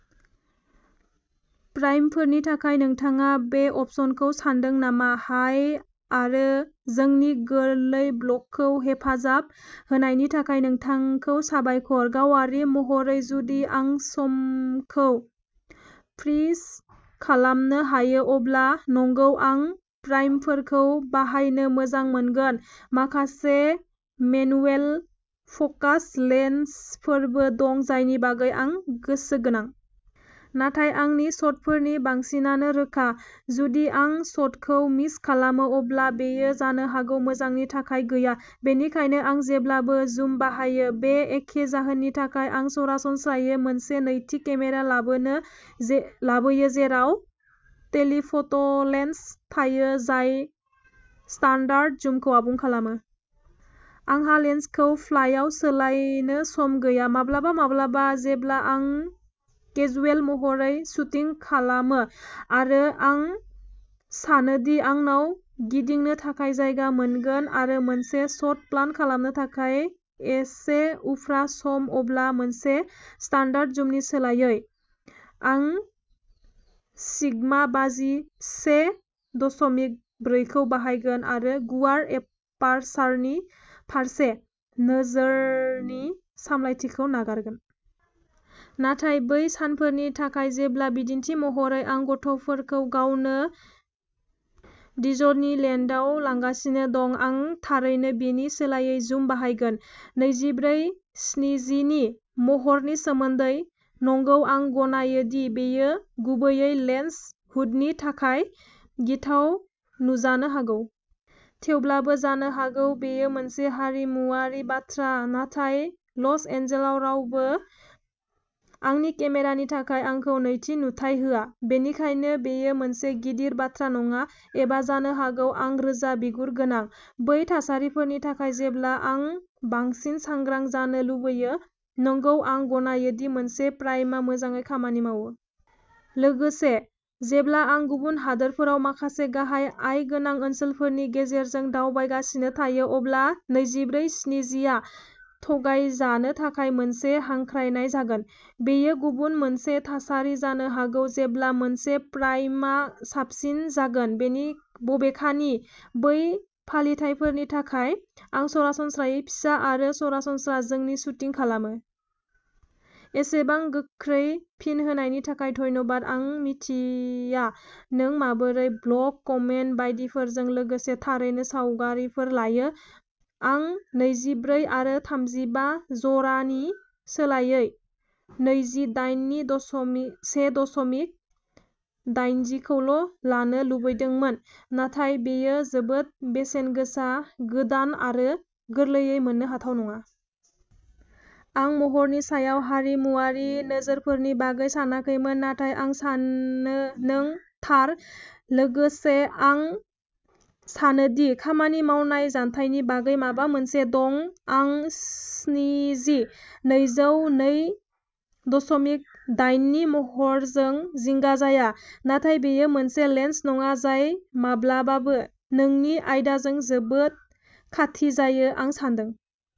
प्राइमफोरनि थाखाय नोंथाङा बे अपसनखौ सानदों नामा? हाय आरो जोंनि गोरलै ब्लगखौ हेफाजाब होनायनि थाखाय नोंथांखौ साबायखर! गावारि महरै जुदि आं समखौ फ्रिज खालामनो हायो अब्ला नंगौ आं प्राइमफोरखौ बाहायनो मोजां मोनगोन। माखासे मेनुएल फ'कास लेन्सफोरबो दं जायनि बागै आं गोसोगोनां। नाथाय आंनि शटफोरनि बांसिनानो रोखा। जुदि आं शटखौ मिस खालामो, अब्ला बेयो जानो हागौ मोजांनि थाखाय गैया। बेनिखायनो आं जेब्लाबो जुम बाहायो। बे एखे जाहोननि थाखाय, आं सरासनस्रायै मोनसे नैथि केमेरा लाबोयो जेराव टेलिफ'ट'लेन्स थायो जाय स्टान्डार्ड जुमखौ आबुं खालामो। आंहा लेन्सखौ फ्लायाव सोलायनो सम गैया। माब्लाबा माब्लाबा, जेब्ला आं केजुयेल महरै शुटिं खालामो आरो आं सानो दि आंनाव गिदिंनो थाखाय जायगा मोनगोन आरो मोनसे शट प्लान खालामनो थाखाय एसे उफ्रा सम, अब्ला मोनसे स्टान्डार्ड जुमनि सोलायै आं सिगमा बाजि से दसमिक ब्रैखौ बाहायगोन आरो गुवार एपार्सारनि फारसे नोजोरनि सामलायथिखौ नागारगोन। नाथाय बै सानफोरनि थाखाय जेब्ला बिदिन्थि महरै आं गथ'फोरखौ गावनो डिजनिलेन्डआव लांगासिनो दं आं थारैनो बेनि सोलायै जुम बाहायगोन। नैजिब्रै स्निजिनि महरनि सोमोन्दै, नंगौ आं गनायो दि बेयो गुबैयै लेन्स हुडनि थाखाय गिथाव नुजानो हागौ। थेवब्लाबो, जानो हागौ बेयो मोनसे हारिमुआरि बाथ्रा, नाथाय लस एन्जेल्सआव रावबो आंनि केमेरानि थाखाय आंखौ नैथि नुथाय होआ, बेनिखायनो बेयो मोनसे गिदिर बाथ्रा नङा। एबा जानो हागौ आं रोजा बिगुर गोनां। बै थासारिफोरनि थाखाय जेब्ला आं बांसिन सांग्रां जानो लुबैयो, नंगौ आं गनायो दि मोनसे प्राइमआ मोजाङै खामानि मावो। लोगोसे, जेब्ला आं गुबुन हादोरफोराव माखासे गाहाय आय गोनां ओनसोलफोरनि गेजेरजों दावबायगासिनो थायो, अब्ला नैजिब्रै स्निजिआ थगायजानो थाखाय मोनसे हांख्रायनाय जागोन। बेयो गुबुन मोनसे थासारि जानो हागौ जेब्ला मोनसे प्राइमआ साबसिन जागोन। बबेखानि बै फालिथायफोरनि थाखाय, आं सरासनस्रायै फिसा आरो सरासनस्रा जों शुटिं खालामो। एसेबां गोख्रै फिन होनायनि थाखाय धन्यबाद आं मिथिया नों माबोरै ब्लग, कमेन्ट बायदिफोरजों लोगोसे थारैनो सावगारिफोर लायो आं नैजि ब्रै आरो थामजि बा जरानि सोलायै नैजि दाइन से दसमिक दाइनजि खौल' लानो लुबैदोंमोन नाथाय बेयो जोबोद बेसेन गोसा गोदान आरो गोरलैयै मोननो हाथाव नङा। आं महरनि सायाव हारिमुआरि नोजोरफोरनि बागै सानाखैमोन नाथाय आं सानो नों थार। लोगोसे आं सानो दि खामानि मावनाय जानथायनि बागै माबा मोनसे दं आं स्निजि नैजौ नै दसमिक दाइननि महरजों जिंगा जाया नाथाय बेयो मोनसे लेन्स नङा जाय माब्लाबाबो नोंनि आयदाजों जोबोद खाथि जायो। आं सान्दों।